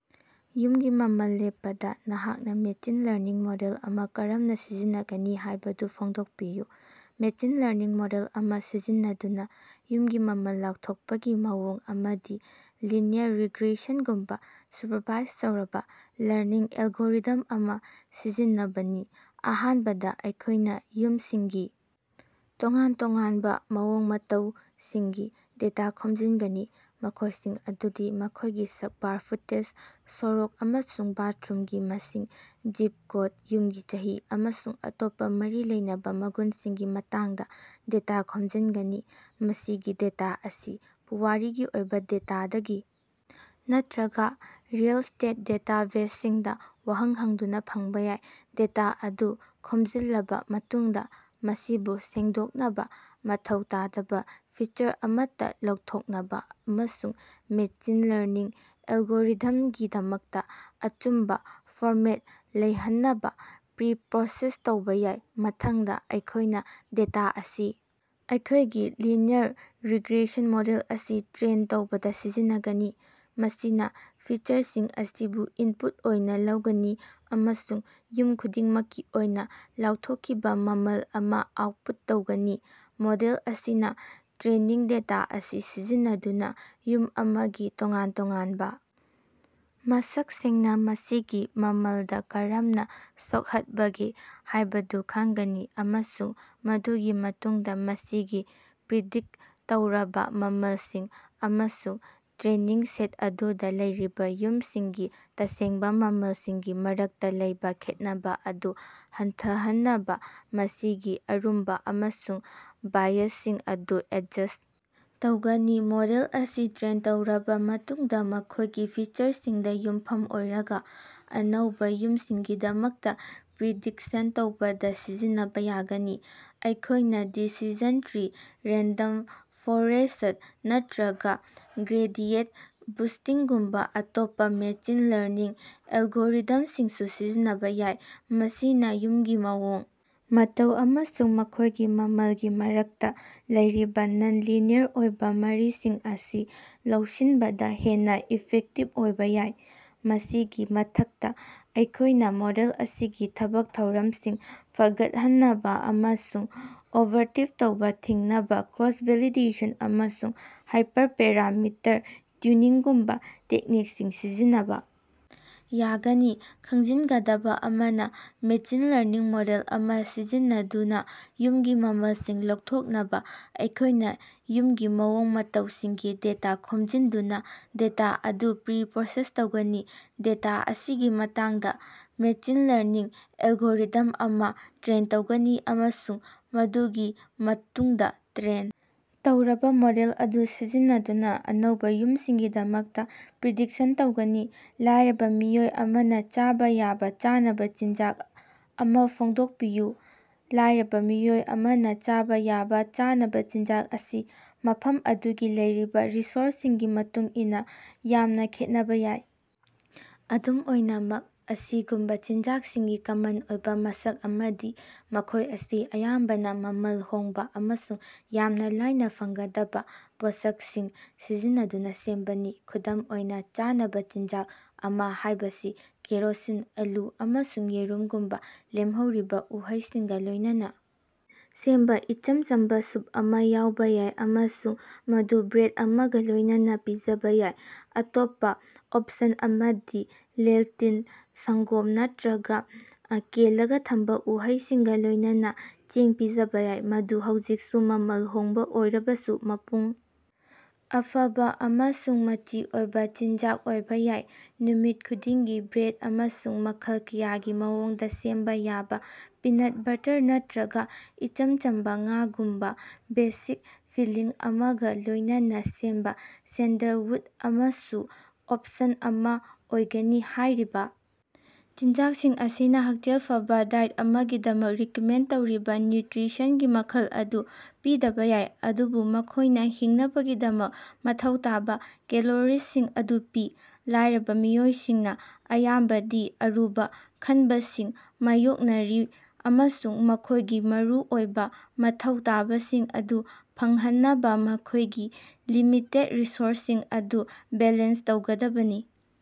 ꯌꯨꯝꯒꯤ ꯃꯃꯜ ꯂꯦꯞꯄꯗ ꯅꯍꯥꯛꯅ ꯃꯦꯁꯤꯟ ꯂꯔꯅꯤꯡ ꯃꯣꯗꯦꯜ ꯑꯃ ꯀꯔꯝꯅ ꯁꯤꯖꯤꯟꯅꯒꯅꯤ ꯍꯥꯏꯕꯗꯨ ꯐꯣꯡꯗꯣꯛꯄꯤꯌꯨ꯫ ꯃꯦꯁꯤꯟ ꯂꯔꯅꯤꯡ ꯃꯣꯗꯦꯜ ꯑꯃ ꯁꯤꯖꯤꯟꯅꯗꯨꯅ ꯌꯨꯝꯒꯤ ꯃꯃꯜ ꯂꯥꯎꯊꯣꯛꯄꯒꯤ ꯃꯑꯣꯡ ꯑꯃꯗꯤ ꯂꯤꯅꯤꯌꯔ ꯔꯤꯒ꯭ꯔꯦꯁꯟꯒꯨꯝꯕ ꯁꯨꯄꯔꯚꯥꯏꯖ ꯇꯧꯔꯕ ꯂꯔꯅꯤꯡ ꯑꯦꯜꯒꯣꯔꯤꯊꯝ ꯑꯃ ꯁꯤꯖꯤꯟꯅꯕꯅꯤ꯫ ꯑꯍꯥꯟꯕꯗ ꯑꯩꯈꯣꯏꯅ ꯌꯨꯝꯁꯤꯡꯒꯤ ꯇꯣꯉꯥꯟ ꯇꯣꯉꯥꯟꯕ ꯃꯑꯣꯡ ꯃꯇꯧꯁꯤꯡꯒꯤ ꯗꯦꯇꯥ ꯈꯣꯝꯖꯤꯟꯒꯅꯤ, ꯃꯈꯣꯏꯁꯤꯡ ꯑꯗꯨꯗꯤ ꯃꯈꯣꯏꯒꯤ ꯁꯛꯕꯥꯔ ꯐꯨꯇꯦꯖ, ꯁꯣꯔꯣꯛ ꯑꯃꯁꯨꯡ ꯕꯥꯊꯔꯨꯝꯒꯤ ꯃꯁꯤꯡ, ꯖꯤꯞ ꯀꯣꯗ, ꯌꯨꯝꯒꯤ ꯆꯍꯤ, ꯑꯃꯁꯨꯡ ꯑꯇꯣꯞꯄ ꯃꯔꯤ ꯂꯩꯅꯕ ꯃꯒꯨꯟꯁꯤꯡꯒꯤ ꯃꯇꯥꯡꯗ ꯗꯦꯇꯥ ꯈꯣꯝꯖꯤꯟꯒꯅꯤ꯫ ꯃꯁꯤꯒꯤ ꯗꯦꯇꯥ ꯑꯁꯤ ꯄꯨꯋꯥꯔꯤꯒꯤ ꯑꯣꯏꯕ ꯗꯦꯇꯥꯗꯒꯤ ꯅꯠꯇ꯭ꯔꯒ ꯔꯤꯑꯦꯜ ꯏꯁ꯭ꯇꯦꯠ ꯗꯦꯇꯥꯕꯦꯖꯁꯤꯡꯗ ꯋꯥꯍꯪ ꯍꯪꯗꯨꯅ ꯐꯪꯕ ꯌꯥꯏ꯫ ꯗꯦꯇꯥ ꯑꯗꯨ ꯈꯣꯝꯖꯤꯜꯂꯕ ꯃꯇꯨꯡꯗ, ꯃꯁꯤꯕꯨ ꯁꯦꯡꯗꯣꯛꯅꯕ, ꯃꯊꯧ ꯇꯥꯗꯕ ꯐꯤꯆꯔ ꯑꯃꯠꯇ ꯂꯧꯊꯣꯛꯅꯕ ꯑꯃꯁꯨꯡ ꯃꯦꯁꯤꯟ ꯂꯔꯅꯤꯡ ꯑꯦꯜꯒꯣꯔꯤꯊꯝꯒꯤꯗꯃꯛꯇ ꯑꯆꯨꯝꯕ ꯐꯣꯔꯃꯦꯠꯇ ꯂꯩꯍꯟꯅꯕ ꯄ꯭ꯔꯤ-ꯄ꯭ꯔꯣꯁꯦꯁ ꯇꯧꯕ ꯌꯥꯏ꯫ ꯃꯊꯪꯗ, ꯑꯩꯈꯣꯏꯅ ꯗꯦꯇꯥ ꯑꯁꯤ ꯑꯩꯈꯣꯏꯒꯤ ꯂꯤꯅꯤꯌꯔ ꯔꯤꯒ꯭ꯔꯦꯁꯟ ꯃꯣꯗꯦꯜ ꯑꯁꯤ ꯇ꯭ꯔꯦꯟ ꯇꯧꯕꯗ ꯁꯤꯖꯤꯟꯅꯒꯅꯤ, ꯃꯁꯤꯅ ꯐꯤꯆꯔꯁꯤꯡ ꯑꯁꯤꯕꯨ ꯏꯟꯄꯨꯠ ꯑꯣꯏꯅ ꯂꯧꯒꯅꯤ ꯑꯃꯁꯨꯡ ꯌꯨꯝ ꯈꯨꯗꯤꯡꯃꯛꯀꯤ ꯑꯣꯏꯅ ꯂꯥꯎꯊꯣꯛꯈꯤꯕ ꯃꯃꯜ ꯑꯃ ꯑꯥꯎꯠꯄꯨꯠ ꯇꯧꯒꯅꯤ꯫ ꯃꯣꯗꯦꯜ ꯑꯁꯤꯅ ꯇ꯭ꯔꯦꯅꯤꯡ ꯗꯦꯇꯥ ꯑꯁꯤ ꯁꯤꯖꯤꯟꯅꯗꯨꯅ ꯌꯨꯝ ꯑꯃꯒꯤ ꯇꯣꯉꯥꯟ ꯇꯣꯉꯥꯟꯕ ꯃꯁꯛꯁꯤꯡꯅ ꯃꯁꯤꯒꯤ ꯃꯃꯜꯗ ꯀꯔꯝꯅ ꯁꯣꯛꯍꯠꯕꯒꯦ ꯍꯥꯏꯕꯗꯨ ꯈꯪꯒꯅꯤ, ꯑꯃꯁꯨꯡ ꯃꯗꯨꯒꯤ ꯃꯇꯨꯡꯗ ꯃꯁꯤꯒꯤ ꯄ꯭ꯔꯤꯗꯤꯛꯇ ꯇꯧꯔꯕ ꯃꯃꯜꯁꯤꯡ ꯑꯃꯁꯨꯡ ꯇ꯭ꯔꯦꯅꯤꯡ ꯁꯦꯠ ꯑꯗꯨꯗ ꯂꯩꯔꯤꯕ ꯌꯨꯝꯁꯤꯡꯒꯤ ꯇꯁꯦꯡꯕ ꯃꯃꯜꯁꯤꯡꯒꯤ ꯃꯔꯛꯇ ꯂꯩꯕ ꯈꯦꯠꯅꯕ ꯑꯗꯨ ꯍꯟꯊꯍꯟꯅꯕ ꯃꯁꯤꯒꯤ ꯑꯔꯨꯝꯕ ꯑꯃꯁꯨꯡ ꯕꯥꯏꯑꯦꯖꯁꯤꯡ ꯑꯗꯨ ꯑꯦꯗꯖꯁ꯭ꯠ ꯇꯧꯒꯅꯤ꯫ ꯃꯣꯗꯦꯜ ꯑꯁꯤ ꯇ꯭ꯔꯦꯟ ꯇꯧꯔꯕ ꯃꯇꯨꯡꯗ, ꯃꯈꯣꯏꯒꯤ ꯐꯤꯆꯔꯁꯤꯡꯗ ꯌꯨꯝꯐꯝ ꯑꯣꯏꯔꯒ, ꯑꯅꯧꯕ ꯌꯨꯝꯁꯤꯡꯒꯤꯗꯃꯛꯇ ꯄ꯭ꯔꯤꯗꯤꯛꯁꯟ ꯇꯧꯕꯗ ꯁꯤꯖꯤꯟꯅꯕ ꯌꯥꯒꯅꯤ꯫ ꯑꯩꯈꯣꯏꯅ ꯗꯤꯁꯤꯖꯟ ꯇ꯭ꯔꯤ, ꯔꯦꯟꯗꯝ ꯐꯣꯔꯦꯁꯠ, ꯅꯠꯇ꯭ꯔꯒ ꯒ꯭ꯔꯦꯗꯤꯌꯦꯟꯇ ꯕꯨꯁꯇꯤꯡꯒꯨꯝꯕ ꯑꯇꯣꯞꯄ ꯃꯦꯁꯤꯟ ꯂꯔꯅꯤꯡ ꯑꯦꯜꯒꯣꯔꯤꯊꯝꯁꯤꯡꯁꯨ ꯁꯤꯖꯤꯟꯅꯕ ꯌꯥꯏ, ꯃꯁꯤꯅ ꯌꯨꯝꯒꯤ ꯃꯑꯣꯡ ꯃꯇꯧ ꯑꯃꯁꯨꯡ ꯃꯈꯣꯏꯒꯤ ꯃꯃꯜꯒꯤ ꯃꯔꯛꯇ ꯂꯩꯔꯤꯕ ꯅꯟ-ꯂꯤꯅꯤꯌꯔ ꯑꯣꯏꯕ ꯃꯔꯤꯁꯤꯡ ꯑꯁꯤ ꯂꯧꯁꯤꯟꯕꯗ ꯍꯦꯟꯅ ꯏꯐꯦꯛꯇꯤꯚ ꯑꯣꯏꯕ ꯌꯥꯏ꯫ ꯃꯁꯤꯒꯤ ꯃꯊꯛꯇ, ꯑꯩꯈꯣꯏꯅ ꯃꯣꯗꯦꯜ ꯑꯁꯤꯒꯤ ꯊꯕꯛ ꯊꯧꯔꯝꯁꯤꯡ ꯐꯒꯠꯍꯟꯅꯕ ꯑꯃꯁꯨꯡ ꯑꯣꯚꯔꯐꯤꯠ ꯇꯧꯕ ꯊꯤꯡꯅꯕ ꯀ꯭ꯔꯣꯁ-ꯚꯦꯂꯤꯗꯦꯁꯟ ꯑꯃꯁꯨꯡ ꯍꯥꯏꯄꯔꯄꯦꯔꯥꯃꯤꯇꯔ ꯇ꯭ꯌꯨꯅꯤꯡꯒꯨꯝꯕ ꯇꯦꯛꯅꯤꯛꯁꯤꯡ ꯁꯤꯖꯤꯟꯅꯕ ꯌꯥꯒꯅꯤ꯫ ꯈꯪꯖꯤꯟꯒꯗꯕ ꯑꯃꯅ, ꯃꯦꯁꯤꯟ ꯂꯔꯅꯤꯡ ꯃꯣꯗꯦꯜ ꯑꯃ ꯁꯤꯖꯤꯟꯅꯗꯨꯅꯥ ꯌꯨꯝꯒꯤ ꯃꯃꯜꯁꯤꯡ ꯂꯧꯊꯣꯛꯅꯕ ꯑꯩꯈꯣꯏꯅ ꯌꯨꯝꯒꯤ ꯃꯑꯣꯡ ꯃꯇꯧꯁꯤꯡꯒꯤ ꯗꯦꯇꯥ ꯈꯣꯝꯖꯤꯟꯗꯨꯅ ꯗꯦꯇꯥ ꯑꯗꯨ ꯄ꯭ꯔꯤ-ꯄ꯭ꯔꯣꯁꯦꯁ ꯇꯧꯒꯅꯤ, ꯗꯦꯇꯥ ꯑꯁꯤꯒꯤ ꯃꯇꯥꯡꯗ ꯃꯦꯁꯤꯟ ꯂꯔꯅꯤꯡ ꯑꯦꯜꯒꯣꯔꯤꯊꯝ ꯑꯃ ꯇ꯭ꯔꯦꯟ ꯇꯧꯒꯅꯤ, ꯑꯃꯁꯨꯡ ꯃꯗꯨꯒꯤ ꯃꯇꯨꯡꯗ ꯇ꯭ꯔꯦꯟ ꯇꯧꯔꯕ ꯃꯣꯗꯦꯜ ꯑꯗꯨ ꯁꯤꯖꯤꯟꯅꯗꯨꯅ ꯑꯅꯧꯕ ꯌꯨꯝꯁꯤꯡꯒꯤꯗꯃꯛꯇ ꯄ꯭ꯔꯤꯗꯤꯛꯁꯟ ꯇꯧꯒꯅꯤ꯫ ꯂꯥꯏꯔꯕ ꯃꯤꯑꯣꯏ ꯑꯃꯅ ꯆꯥꯕ ꯌꯥꯕ ꯆꯥꯅꯕ ꯆꯤꯟꯖꯥꯛ ꯑꯃ ꯐꯣꯡꯗꯣꯛꯄꯤꯌꯨ꯫ ꯂꯥꯏꯔꯕ ꯃꯤꯑꯣꯏ ꯑꯃꯅ ꯆꯥꯕ ꯌꯥꯕ ꯆꯥꯅꯕ ꯆꯤꯟꯖꯥꯛ ꯑꯁꯤ ꯃꯐꯝ ꯑꯗꯨꯒꯤ ꯂꯩꯔꯤꯕ ꯔꯤꯁꯣꯔꯁꯁꯤꯡꯒꯤ ꯃꯇꯨꯡꯏꯟꯅ ꯌꯥꯝꯅꯥ ꯈꯦꯠꯅꯕ ꯌꯥꯏ꯫ ꯑꯗꯨꯝ ꯑꯣꯏꯅꯃꯛ, ꯑꯁꯤꯒꯨꯝꯕ ꯆꯤꯟꯖꯥꯛꯁꯤꯡꯒꯤ ꯀꯃꯟ ꯑꯣꯏꯕ ꯃꯁꯛ ꯑꯃꯗꯤ ꯃꯈꯣꯏ ꯑꯁꯤ ꯑꯌꯥꯝꯕꯅ ꯃꯃꯜ ꯍꯣꯡꯕ ꯑꯃꯁꯨꯡ ꯌꯥꯝꯅ ꯂꯥꯏꯅ ꯐꯪꯒꯗꯕ ꯄꯣꯠꯁꯛꯁꯤꯡ ꯁꯤꯖꯤꯟꯅꯗꯨꯅ ꯁꯦꯝꯕꯅꯤ꯫ ꯈꯨꯗꯝ ꯑꯣꯏꯅ, ꯆꯥꯅꯕ ꯆꯤꯟꯖꯥꯛ ꯑꯃ ꯍꯥꯏꯕꯁꯤ ꯀꯦꯔꯣꯁꯤꯟ, ꯑꯂꯨ, ꯑꯃꯁꯨꯡ ꯌꯦꯔꯨꯝꯒꯨꯝꯕ ꯂꯦꯝꯍꯧꯔꯤꯕ ꯎꯍꯩꯁꯤꯡꯒ ꯂꯣꯏꯅꯅ ꯁꯦꯝꯕ ꯏꯆꯝ ꯆꯝꯕ ꯁ꯭ꯌꯨꯞ ꯑꯃ ꯌꯥꯎꯕ ꯌꯥꯏ, ꯑꯃꯁꯨꯡ ꯃꯗꯨ ꯕ꯭ꯔꯦꯗ ꯑꯃꯒ ꯂꯣꯏꯅꯅ ꯄꯤꯖꯕ ꯌꯥꯏ꯫ ꯑꯇꯣꯞꯄ ꯑꯣꯞꯁꯟ ꯑꯃꯗꯤ ꯂꯦꯟꯇꯤꯜ, ꯁꯪꯒꯣꯝ ꯅꯠꯇ꯭ꯔꯒ ꯀꯦꯜꯂꯒ ꯊꯝꯕ ꯎꯍꯩꯁꯤꯡꯒ ꯂꯣꯏꯅꯅ ꯆꯦꯡ ꯄꯤꯖꯕ ꯌꯥꯏ, ꯃꯗꯨ ꯍꯧꯖꯤꯛꯁꯨ ꯃꯃꯜ ꯍꯣꯡꯕ ꯑꯣꯏꯔꯕꯁꯨ ꯃꯄꯨꯡ ꯑꯐꯥꯕ ꯑꯃꯁꯨꯡ ꯃꯆꯤ ꯑꯣꯏꯕ ꯆꯤꯟꯖꯥꯛ ꯑꯣꯏꯕ ꯌꯥꯏ꯫ ꯅꯨꯃꯤꯠ ꯈꯨꯗꯤꯡꯒꯤ ꯕ꯭ꯔꯦꯗ ꯑꯃꯁꯨꯡ ꯃꯈꯜ ꯀꯌꯥꯒꯤ ꯃꯑꯣꯡꯗ ꯁꯦꯝꯕ ꯌꯥꯕ ꯄꯤꯅꯠ ꯕꯠꯇꯔ ꯅꯠꯇ꯭ꯔꯒ ꯏꯆꯝ ꯆꯝꯕ ꯉꯥꯒꯨꯝꯕ ꯕꯦꯁꯤꯛ ꯐꯤꯜꯂꯤꯡ ꯑꯃꯒ ꯂꯣꯏꯅꯅ ꯁꯦꯝꯕ ꯁꯦꯟꯗꯜꯋꯨꯗ ꯑꯃꯁꯨ ꯑꯣꯞꯁꯟ ꯑꯃ ꯑꯣꯏꯒꯅꯤ꯫ ꯍꯥꯏꯔꯤꯕ ꯆꯤꯟꯖꯥꯛꯁꯤꯡ ꯑꯁꯤꯅ ꯍꯛꯁꯦꯜ ꯐꯕ ꯗꯥꯏꯠ ꯑꯃꯒꯤꯗꯃꯛ ꯔꯤꯀꯃꯦꯟꯗ ꯇꯧꯔꯤꯕ ꯅ꯭ꯌꯨꯇ꯭ꯔꯤꯁꯟꯒꯤ ꯃꯈꯜ ꯑꯗꯨ ꯄꯤꯗꯕ ꯌꯥꯏ, ꯑꯗꯨꯕꯨ ꯃꯈꯣꯏꯅ ꯍꯤꯡꯅꯕꯒꯤꯗꯃꯛ ꯃꯊꯧ ꯇꯥꯕ ꯀꯦꯂꯣꯔꯤꯁꯤꯡ ꯑꯗꯨ ꯄꯤ꯫ ꯂꯥꯏꯔꯕ ꯃꯤꯑꯣꯏꯁꯤꯡꯅ ꯑꯌꯥꯝꯕꯗꯤ ꯑꯔꯨꯕ ꯈꯟꯕꯁꯤꯡ ꯃꯥꯌꯣꯛꯅꯔꯤ ꯑꯃꯁꯨꯡ ꯃꯈꯣꯏꯒꯤ ꯃꯔꯨꯑꯣꯏꯕ ꯃꯊꯧ ꯇꯥꯕꯁꯤꯡ ꯑꯗꯨ ꯐꯪꯍꯟꯅꯕ ꯃꯈꯣꯏꯒꯤ ꯂꯤꯃꯤꯇꯦꯠ ꯔꯤꯁꯣꯔꯁꯁꯤꯡ ꯑꯗꯨ ꯕꯦꯂꯦꯟꯁ ꯇꯧꯒꯗꯕꯅꯤ꯫